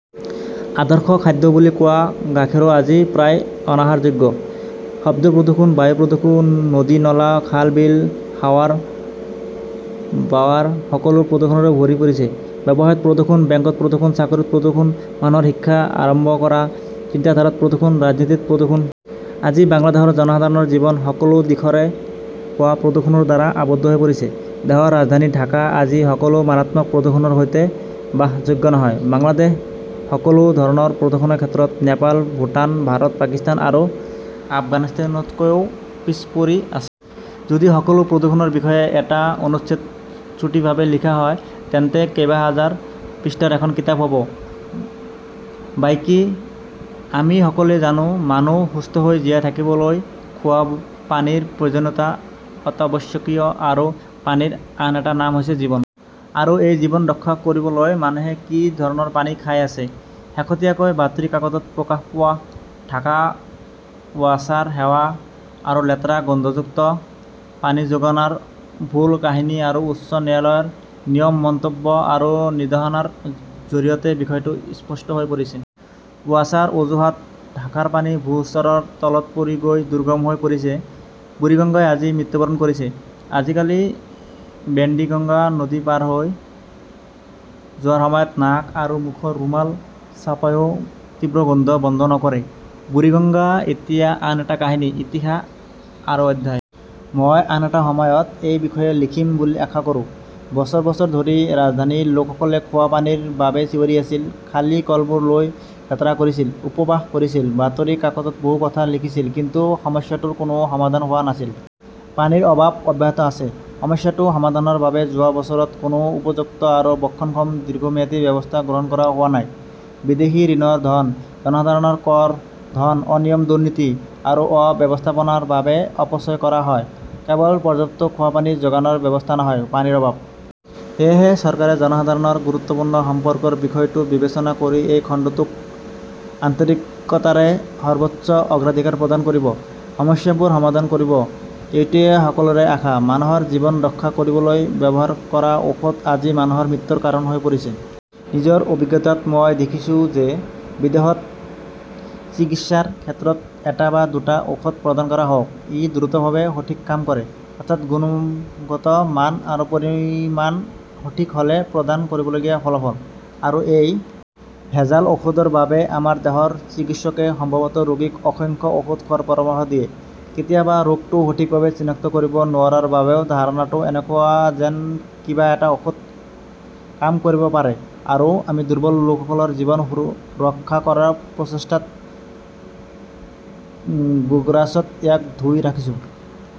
আদৰ্শ খাদ্য বুলি কোৱা গাখীৰো আজি প্ৰায় অনাহাৰযোগ্য। শব্দ প্ৰদূষণ, বায়ু প্ৰদূষণ, নদী-নলা, খাল-বিল, হাৱাৰ বাৱাৰ সকলো প্ৰদূষণৰে ভৰি পৰিছে। ব্যৱসায়ত প্ৰদূষণ, বেংকত প্ৰদূষণ, চাকৰিত প্ৰদূষণ, মানুহৰ শিক্ষা আৰম্ভ কৰা, চিন্তাধাৰাত প্ৰদূষণ, ৰাজনীতিত প্ৰদূষণ। আজি বাংলাদেশৰ জনসাধাৰণৰ জীৱন সকলো দিশৰে হোৱা প্ৰদূষণৰ দ্বাৰা আৱদ্ধ হৈ পৰিছে। দেশৰ ৰাজধানী ঢাকা আজি সকলো মাৰাত্মক প্ৰদূষণৰ সৈতে বাসযোগ্য নহয়। বাংলাদেশ সকলো ধৰণৰ প্ৰদূষণৰ ক্ষেত্ৰত নেপাল, ভূটান, ভাৰত, পাকিস্তান আৰু আফগানিস্তানতকৈও পিছ পৰি আছে। যদি সকলো প্ৰদূষণৰ বিষয়ে এটা অনুচ্ছেদ চুটিভাৱে লিখা হয়, তেন্তে কেইবাহাজাৰ পৃষ্ঠাৰ এখন কিতাপ হ 'ব বাইকি। আমি সকলোৱে জানো, মানুহ সুস্থ হৈ জীয়াই থাকিবলৈ খোৱা পানীৰ প্ৰয়োজনীয়তা অত্যাৱশ্যকীয় আৰু পানীৰ আন এটা নাম হৈছে জীৱন। আৰু এই জীৱন ৰক্ষা কৰিবলৈ মানুহে কি ধৰণৰ পানী খাই আছে? শেহতীয়াকৈ বাতৰি কাকতত প্ৰকাশ পোৱা ঢাকা ৱাছাৰ সেৱা আৰু লেতেৰা-গোন্ধযুক্ত পানী যোগানৰ ভুল কাহিনী আৰু উচ্চ ন্যায়ালয়ৰ নিয়ম, মন্তব্য আৰু নিৰ্দেশনাৰ জৰিয়তে বিষয়টো স্পষ্ট হৈ পৰিছে। ৱাছাৰ অজুহাত, ঢাকাৰ পানী ভূ-স্তৰৰ তলত পৰি গৈ দুৰ্গম হৈ পৰিছে, বুৰিগংগাই আজি মৃত্যুবৰণ কৰিছে। আজিকালি বাণ্ডিগঙ্গা নদী পাৰ হৈ যোৱাৰ সময়ত নাক আৰু মুখৰ ৰুমাল চাপাইও তীব্ৰ গোন্ধ বন্ধ নকৰে। বুৰিগঙ্গা এতিয়া আন এটা কাহিনী, ইতিহাস আৰু অধ্যায়। মই আন এটা সময়ত এই বিষয়ে লিখিম বুলি আশা কৰোঁ। বছৰ বছৰ ধৰি ৰাজধানীৰ লোকসকলে খোৱা পানীৰ বাবে চিঞৰি আছিল, খালী কলবোৰ লৈ যাত্ৰা কৰিছিল, উপবাস কৰিছিল, বাতৰি কাকতত বহু কথা লিখিছিল, কিন্তু সমস্যাটোৰ কোনো সমাধান হোৱা নাছিল। পানীৰ অভাৱ অব্যাহত আছে। সমস্যাটো সমাধানৰ বাবে যোৱা বছৰত কোনো উপযুক্ত আৰু বহনক্ষম দীৰ্ঘম্যাদী ব্যৱস্থা গ্ৰহণ কৰা হোৱা নাই। বিদেশী ঋণৰ ধন, জনসাধাৰণৰ কৰ ধন অনিয়ম-দুৰ্নীতি আৰু অব্যৱস্থাপনাৰ বাবে অপচয় কৰা হয়; কেৱল পৰ্যাপ্ত খোৱা পানী যোগানৰ ব্যৱস্থা নহয়, পানীৰ অভাৱ। সেয়েহে, চৰকাৰে জনসাধাৰণৰ গুৰুত্বপূৰ্ণ সম্পৰ্কৰ বিষয়টো বিবেচনা কৰি এই খণ্ডটোক আন্তৰিকতাৰে সৰ্বোচ্চ অগ্ৰাধিকাৰ প্ৰদান কৰিব, সমস্যাবোৰ সমাধান কৰিব, এইটোৱেই সকলোৰে আশা। মানুহৰ জীৱন ৰক্ষা কৰিবলৈ ব্যৱহাৰ কৰা ঔষধ আজি মানুহৰ মৃত্যুৰ কাৰণ হৈ পৰিছে। নিজৰ অভিজ্ঞতাত মই দেখিছোঁ যে বিদেশত চিকিৎসাৰ ক্ষেত্ৰত এটা বা দুটা ঔষধ প্ৰদান কৰা হওঁক, ই দ্ৰুতভাৱে সঠিক কাম কৰে, অৰ্থাৎ গুণগত মান আৰু পৰিমাণ সঠিক হ 'লে প্ৰদান কৰিবলগীয়া ফলাফল। আৰু এই ভেজাল ঔষধৰ বাবে আমাৰ দেশৰ চিকিৎসকে সম্ভৱত ৰোগীক অসংখ্য ঔষধ খোৱাৰ পৰামৰ্শ দিয়ে, কেতিয়াবা ৰোগটো সঠিকভাৱে চিনাক্ত কৰিব নোৱাৰাৰ বাবেও ধাৰণাটো এনেকুৱা যেন কিবা এটা ঔষধ কাম কৰিব পাৰে আৰু আমি দুৰ্বল লোকসকলৰ জীৱন ৰক্ষা কৰাৰ প্ৰচেষ্টাত গোগ্ৰাছত ইয়াক ধুই ৰাখিছোঁ।